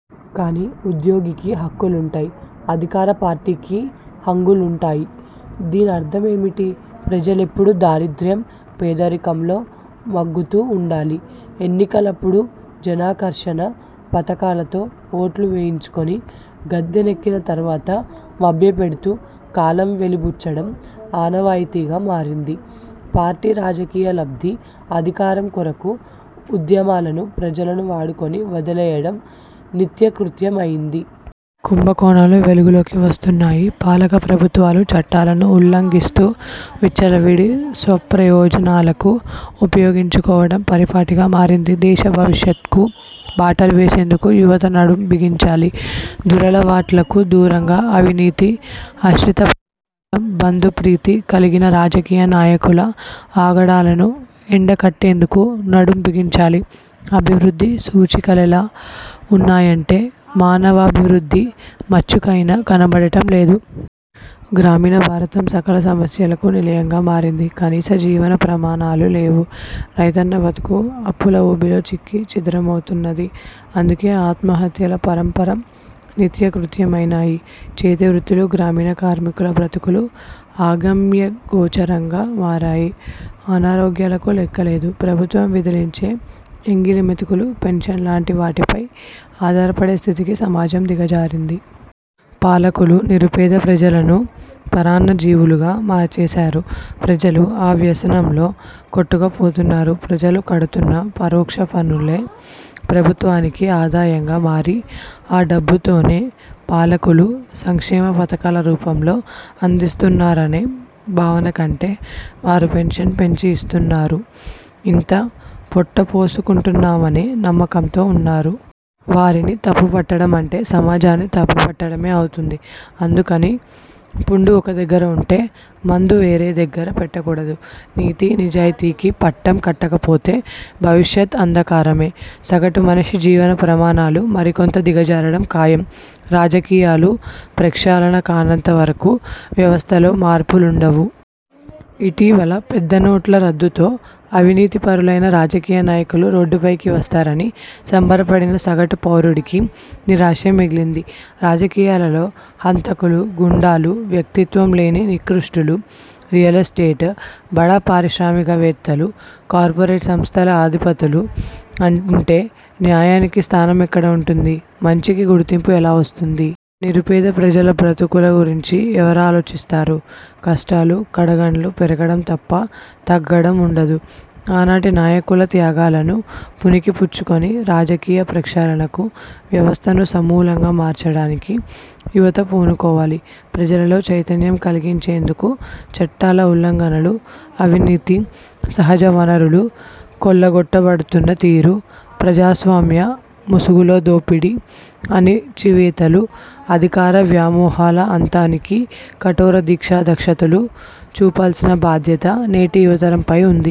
కానీ ఉద్యోగికి హక్కులుంటాయి. అధికార పార్టీకి హంగులుంటాయి? దీనర్థమేమిటి? ప్రజలెప్పుడూ దారిద్య్రం, పేదరికంలో మగ్గుతూ ఉండాలి. ఎన్నికలప్పుడు జనాకర్షణ పథకాలతో ఓట్లు వేయించుకొని గద్దెనెక్కిన తర్వాత మభ్యపెడుతూ కాలం వెలిబుచ్చడం ఆనవాయితీగా మారింది. పార్టీ రాజకీయ లబ్ధి, అధికారం కొరకు ఉద్యమాలను, ప్రజలను వాడుకొని వదిలెయ్యడం నిత్యకృత్యమైంది. కుంభకోణాలు వెలుగులోకి వస్తున్నాయి. పాలక ప్రభుత్వాలు చట్టాలను ఉల్లంఘిస్తూ, విచ్చలవిడి స్వప్రయోజనాలకు ఉపయోగించుకోవడం పరిపాటిగా మారింది. దేశ భవిష్యత్కు బాటలు వేసేందుకు యువత నడుం బిగించాలి. దురలవాట్లకు దూరంగా, అవినీతి, అశ్రితపక్షపాతం, బంధుప్రీతి కలిగిన రాజకీయ నాయకుల ఆగడాలను ఎండకట్టేందుకు నడుం బిగించాలి. అభివృద్ధి సూచికలెలా ఉన్నాయంటే మానవాభివృద్ధి మచ్చుకైన కనబడటం లేదు. గ్రామీణ భారతం సకల సమస్యలకు నిలయంగా మారింది. కనీస జీవన ప్రమాణాలు లేవు. రైతన్న బతుకు అప్పుల ఊబిలో చిక్కి ఛిద్రమవుతున్నది. అందుకే ఆత్మహత్యల పరంపర నిత్యకృత్యమైనాయి. చేతివృత్తులు, గ్రామీణ కార్మికుల బ్రతుకులు అగమ్యగోచరంగా మారాయి. అనారోగ్యాలకు లెక్కలేదు. ప్రభుత్వం విదిలించే ఎంగిలి మెతుకులు పెన్షన్ లాంటి వాటిపై ఆధారపడే స్థితికి సమాజం దిగజారింది. పాలకులు నిరుపేద ప్రజలను పరాన్నజీవులుగా మార్చేసారు. ప్రజలు ఆ వ్యసనంలో కొట్టుకపోతున్నారు. ప్రజలు కడుతున్న పరోక్ష పన్నులే, ప్రభుత్వానికి ఆదాయంగా మారి ఆ డబ్బుతోనే పాలకులు సంక్షేమ పథకాల రూపంలో అందిస్తున్నారనే భావన కంటే, వారు పెన్షన్ పెంచి ఇస్తున్నారు. ఇంత పొట్టపోసుకుంటున్నామనే నమ్మకంతో ఉన్నారు. వారిని తప్పుపట్టడమంటే సమాజాన్ని తప్పుపట్టడమే అవుతుంది. అందుకని పుండు ఒక దగ్గర వుంటే, మందు వేరే దగ్గర పెట్టకూడదు. నీతి, నిజాయితికి పట్టం కట్టకపోతే, భవిష్యత్ అంధకారమే. సగటు మనిషి జీవన ప్రమాణాలు మరింత దిగజారడం ఖాయం. రాజకీయాలు ప్రక్షాళన కానంత వరకు వ్యవస్థలో మార్పులుండవు. ఇటీవల పెద్ద నోట్ల రద్దుతో అవినీతిపరులైన రాజకీయ నాయకులు రోడ్డుపైకి వస్తారని సంబరపడిన సగటు పౌరుడికి నిరాశే మిగిలింది. రాజకీయాలలో హంతకులు, గుండాలు, వ్యక్తిత్వం లేని నికృష్టులు, రియల్ఎస్టేట్, బడా పారిశ్రామికవేత్తలు, కార్పోరేట్ సంస్థల ఆధిపతులు ఉంటే న్యాయానికి స్థానం ఎక్కడ వుంటుంది? మంచికి గుర్తింపు ఎలా వస్తుంది? నిరుపేద ప్రజల బ్రతుకుల గురించి ఎవరాలోచిస్తారు? కష్టాలు, కడగండ్లు పెరగడం తప్ప తగ్గడముండదు. ఆనాటి నాయకుల త్యాగాలను పుణికిపుచ్చుకొని రాజకీయ ప్రక్షాళనకు, వ్యవస్థను సమూలంగా మార్చడానికి యువత పూనుకోవాలి. ప్రజలలో చైతన్యం కలిగించేందుకూ, చట్టాల ఉల్లంఘనలు, అవినీతి, సహజవనరులు కొల్లగొట్టబడుతున్న తీరు, ప్రజాస్వామ్య ముసుగులో దోపిడీ, అణచివేతలు, అధికార వ్యామోహాల అంతానికీ కఠోర దీక్షా దక్షతలు చూపాల్సిన బాధ్యత నేటి యువతరంపై ఉంది.